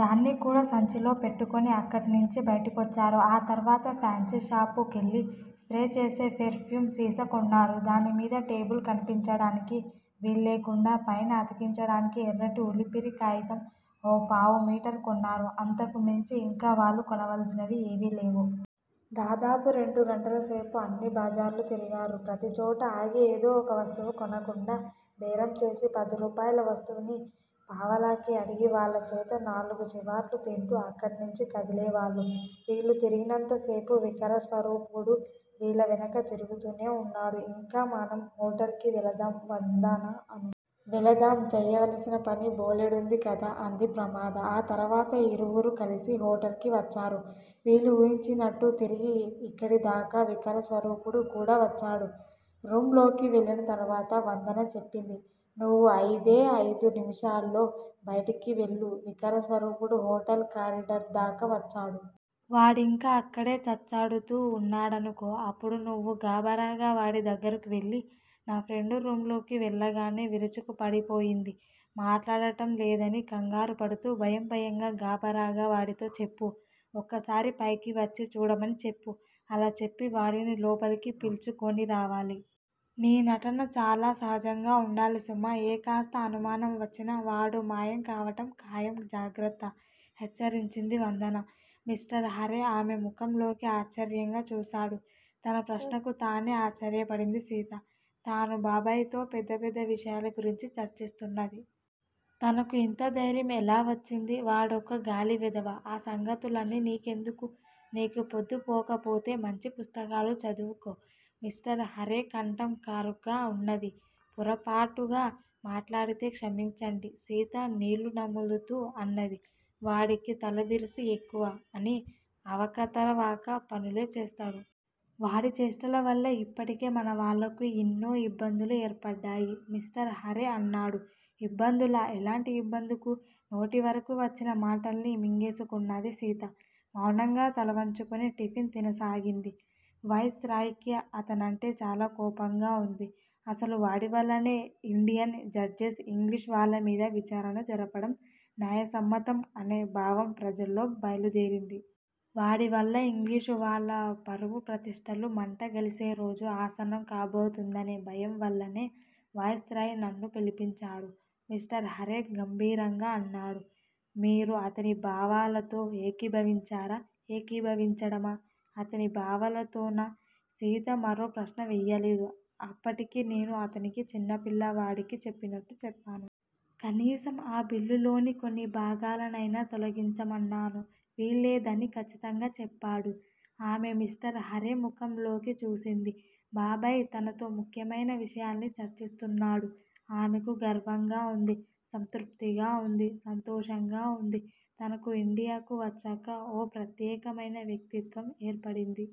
దాన్ని కూడా సంచీలో పెట్టుకొని అక్కడ్నించి బయటికొచ్చారు. ఆ తర్వాత ఫ్యాన్సీ షాపు కెళ్ళి స్ప్రేచేసే పెర్ ఫ్యూమ్ సీసా కొన్నారు. దానిమీద టేబుల్ కనిపించడానికి వీల్లేకుండా పైన అతికించడానికి ఎర్రటి ఉలిపిరి కాయితం ఓ పావు మీటర్ కొన్నారు. అంతకు మించి ఇంక వాళ్ళు కొనవలసినవి ఏవీలేవు. దాదాపు రెండు గంటలసేపు అన్ని బజార్లూ తిరిగారు. ప్రతిచోటా ఆగి ఏదో వక వస్తువు కొనకుండా బేరంచేసి పదిరూపాయిల వస్తువుని పావలాకి అడిగి వాళ్ళ చేత నాలుగు చివాట్లు తింటూ అక్కడ్నించి కదిలేవాళ్ళు. వీళ్ళు తిరిగినంతసేపూ వికారస్వరూపుడు వీళ్ళ వెనక తిరుగుతూనే వున్నాడు. ఇంక మనం హోటల్ కి వెళదాం వందన అంది. వెళదాం చేయవలసినపని బోలెడుంది కదా! అంది ప్రమద. ఆ తరవాత ఇరువురూ కలిసి హోటల్ కి వచ్చారు. వీళ్ళు ఊహించినట్టు తిరిగి ఇక్కడదాకా వికారస్వరూపుడు కూడా వచ్చాడు. రూమ్ లోకి వెళ్ళిన తర్వాత వందన చెప్పింది. నీవు అయిదే అయిదు నిమిషాల్లో బయటికి వెళ్ళు. వికారస్వరూపుడు హోటల్ కారిడార్ దాకా వచ్చాడు. వాడింకా అక్కడే తచ్చాడుతూ ఉన్నాడనుకో అప్పుడు నీవు గాభరాగా వాడి దగ్గరకు వెళ్ళి నా ఫ్రెండు రూమ్ లోకి వెళ్ళగానే విరుచుకు పడిపోయింది. మాట్లాడటం లేదని కంగారుపడుతూ భయంభయంగా గాభరాగా వాడితో చెప్పు. ఒక్కసారి పైకి వచ్చి చూడమని చెప్పు. అలా చెప్పి వాడిని లోపలికి పిల్చుకొనిరావాలి. నీ నటన చాలా సహజంగా ఉండాలి సుమా! ఏ కాస్త అనుమానం వచ్చినా వాడు మాయంకావటం ఖాయం జాగ్రత్త! హెచ్చరించింది వందన. మిస్టర్ హారే ఆమె ముఖంలోకి ఆశ్చర్యంగా చూశాడు. తన ప్రశ్నకు తానే ఆశ్చర్యపడింది సీత. తాను బాబాయితో పెద్ద పెద్ద విషయాల గురించి చర్చిస్తున్నది. తనకు ఇంత ధైర్యం ఎలా వచ్చింది? వాడొక గాలి వెధవ. ఆ సంగతులన్నీ నీకెందుకూ? నీకు పొద్దుపోకపోతే మంచి పుస్తకాలు చదువుకో. మిస్టర్ హారే కంఠం కరుగ్గా ఉన్నది. పొరపాటుగా మాట్లాడితే క్షమించండి సీత నీళ్ళునములుతూ అన్నది. వాడికి తలబిరుసు ఎక్కువ. అన్నీ అవకతవక పనులే చేస్తాడు. వాడి చేష్టలవల్ల ఇప్పటికే మనవాళ్ళకు ఇన్నో ఇబ్బందులు ఏర్పడ్డాయి మిస్టర్ హారే అన్నాడు. ఇబ్బందులా? ఎలాంటి ఇబ్బందుకు? నోటివరకు వచ్చిన మాటల్ని మింగేసుకొన్నది సీత. మౌనంగా తలవంచుకుని టిఫిన్ తినసాగింది. వైస్ రాయ్ కి అతనంటే చాలా కోపంగా ఉంది. అసలు వాడివల్లనే ఇండియన్ జడ్జెస్ ఇంగ్లీషు వాళ్ళమీద విచారణ జరపడం న్యాయసమ్మతం అనే భావం ప్రజల్లో బయలుదేరింది. వాడివల్ల ఇంగ్లీషు వాళ్ళ పరువుప్రతిష్టలు మంట గలిసేరోజు ఆసన్నం కాబోతుందనే భయంవల్లనే వైస్ రాయ్ నన్ను పిలిపించారు. మిస్టర్ హారే గంభీరంగా అన్నాడు. మీరు అతని భావాలతో ఏకీభవించారా? ఏకీభవించడమా? అతని భావాలతోనా? సీత మరో ప్రశ్న వేయలేదు. అప్పటికీ నేను అతనికి చిన్నపిల్లవాడికి చెప్పినట్టు చెప్పాను. కనీసం ఆ బిల్లులోని కొన్ని భాగాలనైనా తొలగించమన్నాను. వీల్లేదని ఖచ్చితంగా చెప్పాడు. ఆమె మిష్టర్ హారే ముఖంలోకి చూసింది. బాబాయ్ తనతో ముఖ్యమైన విషయాల్ని చర్చిస్తున్నాడు. ఆమెకు గర్వంగా ఉంది. సంతృప్తిగా ఉంది. సంతోషంగా ఉంది. తనకు ఇండియాకు వచ్చాక ఓ ప్రత్యేకమైన వ్యక్తిత్వం ఏర్పడింది.